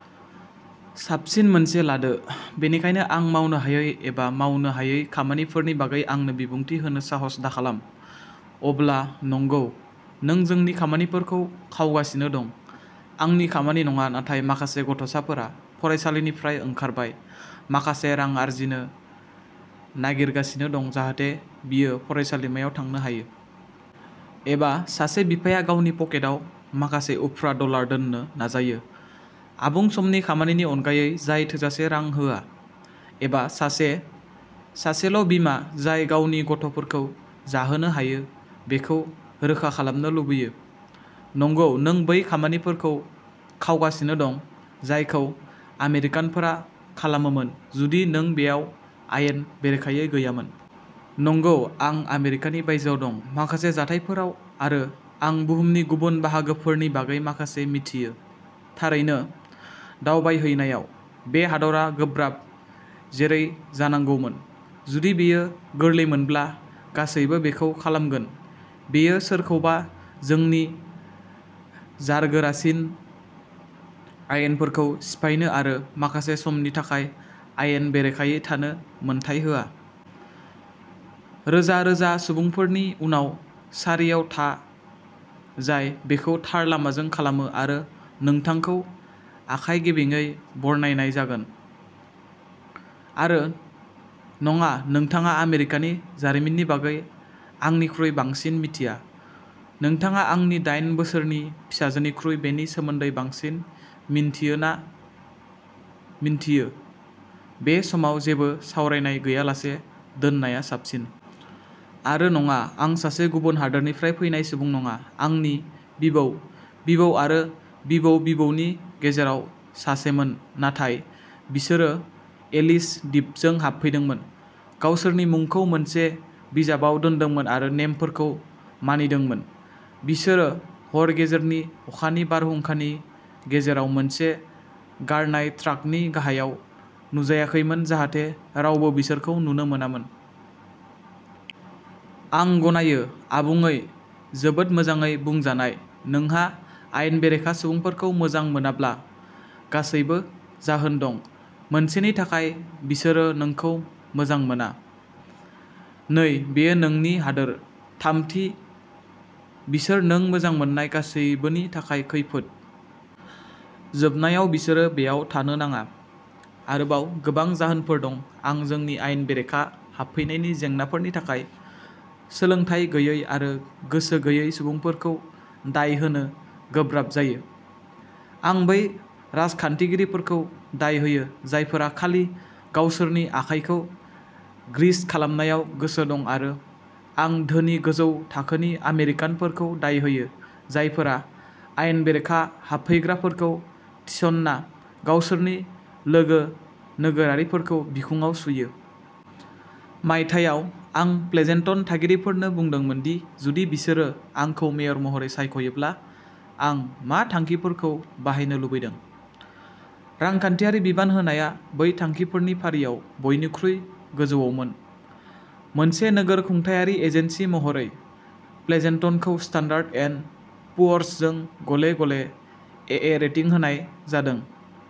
साबसिन मोनसे लादो। बेनिखायनो आं मावनो हायै एबा मावनो हायै खामानिफोरनि बागै आंनो बिबुंथि होनो साहस दाखालाम। अब्ला नंगौ, नों जोंनि खामानिफोरखौ खावगासिनो दं। आंनि खामानि नङा, नाथाय माखासे गथ'साफोरा फरायसालिनिफ्राय ओंखारबाय, माखासे रां आर्जिनो नागिरगासिनो दं जाहाथे बियो फरायसालिमायाव थांनो हायो। एबा सासे बिफाया गावनि पकेटाव माखासे उफ्रा डलार दोन्नो नाजायो, आबुं समनि खामानिनि अनगायै जाय थोजासे रां होआ। एबा सासे सासेल'बिमा जाय गावनि गथ'फोरखौ जाहोनो हायो बेखौ रोखा खालामनो लुबैयो। नंगौ, नों बै खामानिफोरखौ खावगासिनो दं जायखौ आमेरिकानफोरा खालामोमोन जुदि नों बेयाव आयेन बेरेखायै गैयामोन। नंगौ, आं आमेरिकानि बायजोआव दं, माखासे जाथायफोराव, आरो आं बुहुमनि गुबुन बाहागोफोरनि बागै माखासे मिथियो। थारैनो दावबायहैनायाव। बे हादरा गोब्राब, जेरै जानांगौमोन। जुदि बेयो गोरलैमोनब्ला, गासैबो बेखौ खालामगोन। बेयो सोरखौबा जोंनि जारगोरासिन आयेनफोरखौ सिफायनो आरो "माखासे समनि थाखाय आयेन बेरेखायै थानो" मोन्थाइ होआ। रोजा रोजा सुबुंफोरनि उनाव सारियाव था, जाय बेखौ थार लामाजों खालामो, आरो नोंथांखौ आखाइ गेबेंयै बरनायनाय जागोन। आरो नङा, नोंथाङा आमेरिकानि जारिमिननि बागै आंनिख्रुइ बांसिन मिथिया। नोंथाङा आंनि दाइन बोसोरनि फिसाजोनिख्रुइ बेनि सोमोन्दै बांसिन मिन्थियो ना मिन्थियो, बे समाव जेबो सावरायनाय गैयालासे दोननाया साबसिन। आरो नङा, आं सासे गुबुन हादोरनिफ्राय फैनाय सुबुं नङा। आंनि बिबौ-बिबौ आरो बिबौ-बिबौनि गेजेराव सासेमोन। नाथाय बिसोरो एलिस दिपजों हाबफैदोंमोन, गावसोरनि मुंखौ मोनसे बिजाबाव दोनदोंमोन, आरो नेमफोरखौ मानिदोंमोन। बिसोरो हर गेजेरनि अखानि बारहुंखानि गेजेराव मोनसे गारनाय ट्राकनि गाहायाव नुजायाखैमोन जाहाथे रावबो बिसोरखौ नुनो मोनामोन। आं गनायो। आबुङै, जोबोद मोजाङै बुंजानाय। नोंहा आयेन बेरेखा सुबुंफोरखौ मोजां मोनाब्ला गासैबो जाहोन दं। मोनसेनि थाखाय, बिसोरो नोंखौ मोजां मोना। नै, बेयो नोंनि हादोर। थामथि, बिसोर नों मोजां मोननाय गासैबोनि थाखाय खैफोद। जोबनायाव, बिसोरो बेयाव थानो नाङा। आरोबाव गोबां जाहोनफोर दं। आं जोंनि आयेन बेरेखा हाबफैनायनि जेंनाफोरनि थाखाय सोलोंथाय गैयै आरो गोसो गैयै सुबुंफोरखौ दाय होनो गोब्राब जायो। आं बै राजखान्थिगिरिफोरखौ दाय होयो, जायफोरा खालि गावसोरनि आखाइखौ ग्रीस खालामनायाव गोसो दं आरो आं धोनि, गोजौ थाखोनि आमेरिकानफोरखौ दाय होयो, जायफोरा आयेन बेरेखा हाबफैग्राफोरखौ थिसनना गावसोरनि लोगो नोगोरारिफोरखौ बिखुङाव सुयो। मायथाइयाव, आं प्लेजेन्टन थागिरिफोरनो बुंदोंमोन दि जुदि बिसोरो आंखौ मेयर महरै सायखयोब्ला आं मा थांखिफोरखौ बाहायनो लुबैदों। रांखान्थियारि बिबान होनाया बै थांखिफोरनि फारियाव बयनिख्रुइ गोजौआवमोन। मोनसे नोगोर खुंथायारि एजेन्सि महरै, प्लेजेन्टनखौ स्टान्डार्ड एन्ड पुअर्सजों गले गले एए रेटिं होनाय जादों।